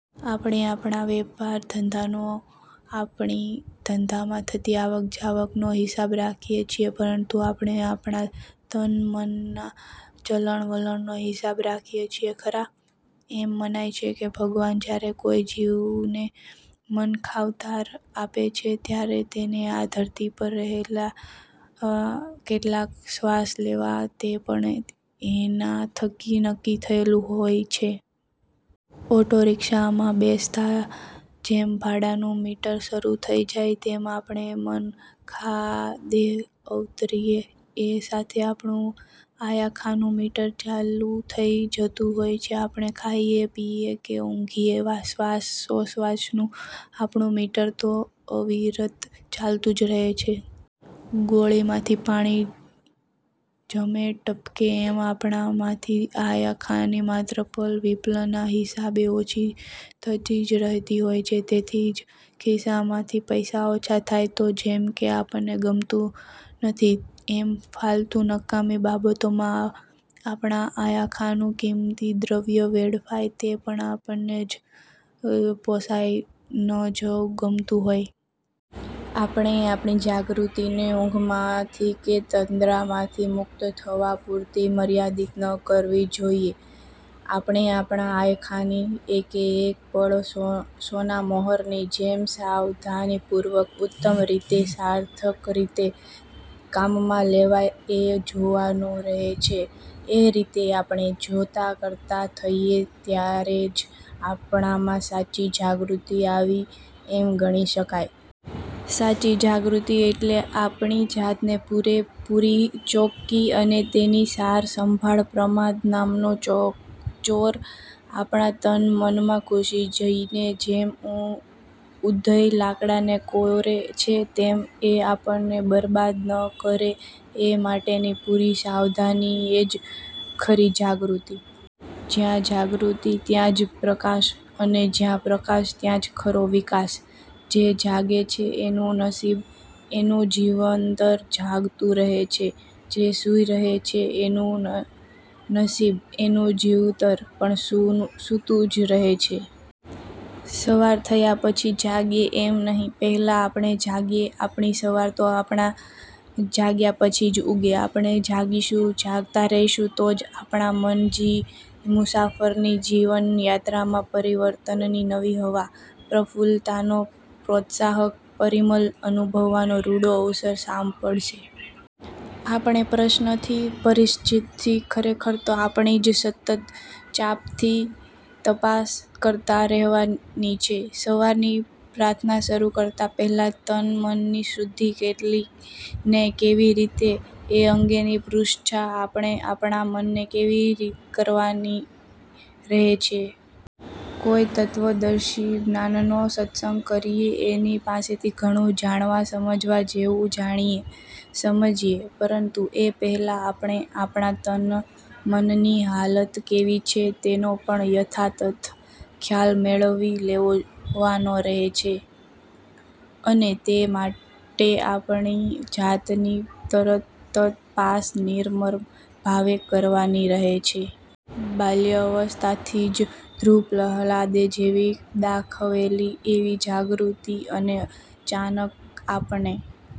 આપણે આપણા વેપારધંધાનો – આપણી ધંધામાં થતી આવક-જાવકનો હિસાબ રાખીએ છીએ પરંતુ આપણે આપણા તન-મનના ચલણ-વલણનો હિસાબ રાખીએ છીએ ખરા? એમ મનાય છે કે ભગવાન જ્યારે કોઈ જીવને મનખાવતાર આપે છે ત્યારે તેને આ ધરતી પર રહી કેટલા શ્વાસ લેવા તે પણ એના થકી નક્કી થયેલું હોય છે! ઑટોરિક્ષામાં બેસતાં જેમ ભાડાનું મીટર શરૂ થઈ જાય તેમ આપણે મનખાદેહે અવતરીએ એ સાથે આપણું આયખાનું મીટર ચાલુ થઈ જતું હોય છે. આપણે ખાઈએ, પીએ કે ઊંઘીએ; શ્વાસોચ્છ્વાસનું આપણું મીટર તો અવિરત ચાલતું જ રહે છે. ગોળીમાંથી પાણી ઝમે-ટપકે એમ આપણામાંથી આયખાની માત્રા પલ-વિપલના હિસાબે ઓછી થતી જ રહેતી હોય છે. તેથી જ ખિસ્સામાંથી પૈસા ઓછા થાય તો જેમ એ આપણને ગમતું નથી એમ ફાલતુ – નકામી બાબતોમાં આપણા આયખાનું કિંમતી દ્રવ્ય વેડફાય તે પણ આપણને ન જ પોષાય – ન જ ગમવું જોઈએ. આપણે આપણી જાગૃતિને ઊંઘમાંથી કે તંદ્રામાંથી મુક્ત થવા પૂરતી મર્યાદિત ન કરવી જોઈએ. આપણે આપણા આયખાની એકેએક પળ સોનામહોરની જેમ સાવધાનીપૂર્વક ઉત્તમ રીતે – સાર્થક રીતે કામમાં લેવાય એ જોવાનું રહે છે. એ રીતે આપણે જોતા-કરતા થઈએ ત્યારે જ આપણામાં સાચી જાગૃતિ આવી એમ ગણી શકાય. સાચી જાગૃતિ એટલે આપણી જાતની પૂરેપૂરી ચોકી અને તેની સારસંભાળ. પ્રમાદ નામનો ચોર આપણા તન-મનમાં ઘૂસી જઈને, જેમ ઊધઈ લાકડાને કોરે છે તેમ તે આપણને બરબાદ ન કરે એ માટેની પૂરી સાવધાની એ જ ખરી જાગૃતિ. જ્યાં જાગૃતિ ત્યાં જ પ્રકાશ અને જ્યાં પ્રકાશ ત્યાં જ ખરો વિકાસ. જે જાગે છે એનું નસીબ – એનું જીવતર જાગતું રહે છે; જે સૂઈ રહે છે એનું નસીબ – એનું જીવતર પણ સૂતું જ રહે છે. સવાર થાય પછી જાગીએ એમ નહીં; પહેલાં આપણે જાગીએ, આપણી સવાર તો આપણા જાગ્યા પછી જ ઊગે. આપણે જાગીશું – જાગતા રહીશું તો જ આપણા મનજી મુસાફરની જીવનયાત્રામાં પરિવર્તનની નવી હવા, પ્રફુલ્લતાનો પ્રોત્સાહક પરિમલ અનુભવવાનો રૂડો અવસર સાંપડશે. આપણે પ્રશ્નથી – પરિપ્રશ્નથી ખરેખર તો આપણી જ સતત ચાંપતી તપાસ કરતા રહેવાની છે. સવારની પ્રાર્થના શરૂ કરતાં પહેલાં તનમનની શુદ્ધિ કેટલી ને કેવી કરી એ અંગેની પૃચ્છા આપણે આપણા મનને કરવાની રહે છે. કોઈ તત્ત્વદર્શી જ્ઞાનીનો સત્સંગ કરી એની પાસેથી ઘણું જાણવા – સમજવા જેવું જાણીએ – સમજીએ; પરંતુ એ પહેલાં આપણે આપણા તન-મનની હાલત કેવી છે તેનો પણ યથાતથ ખ્યાલ મેળવી લેવાનો રહે છે અને તે માટે આપણી જાતની તરતપાસ નિર્મમભાવે કરવાની રહે છે. બાલ્યાવસ્થાથી જ ધ્રુવ-પ્રહ્લાદે જેવી દાખવેલી એવી જાગૃતિ અને ચાનક આપણે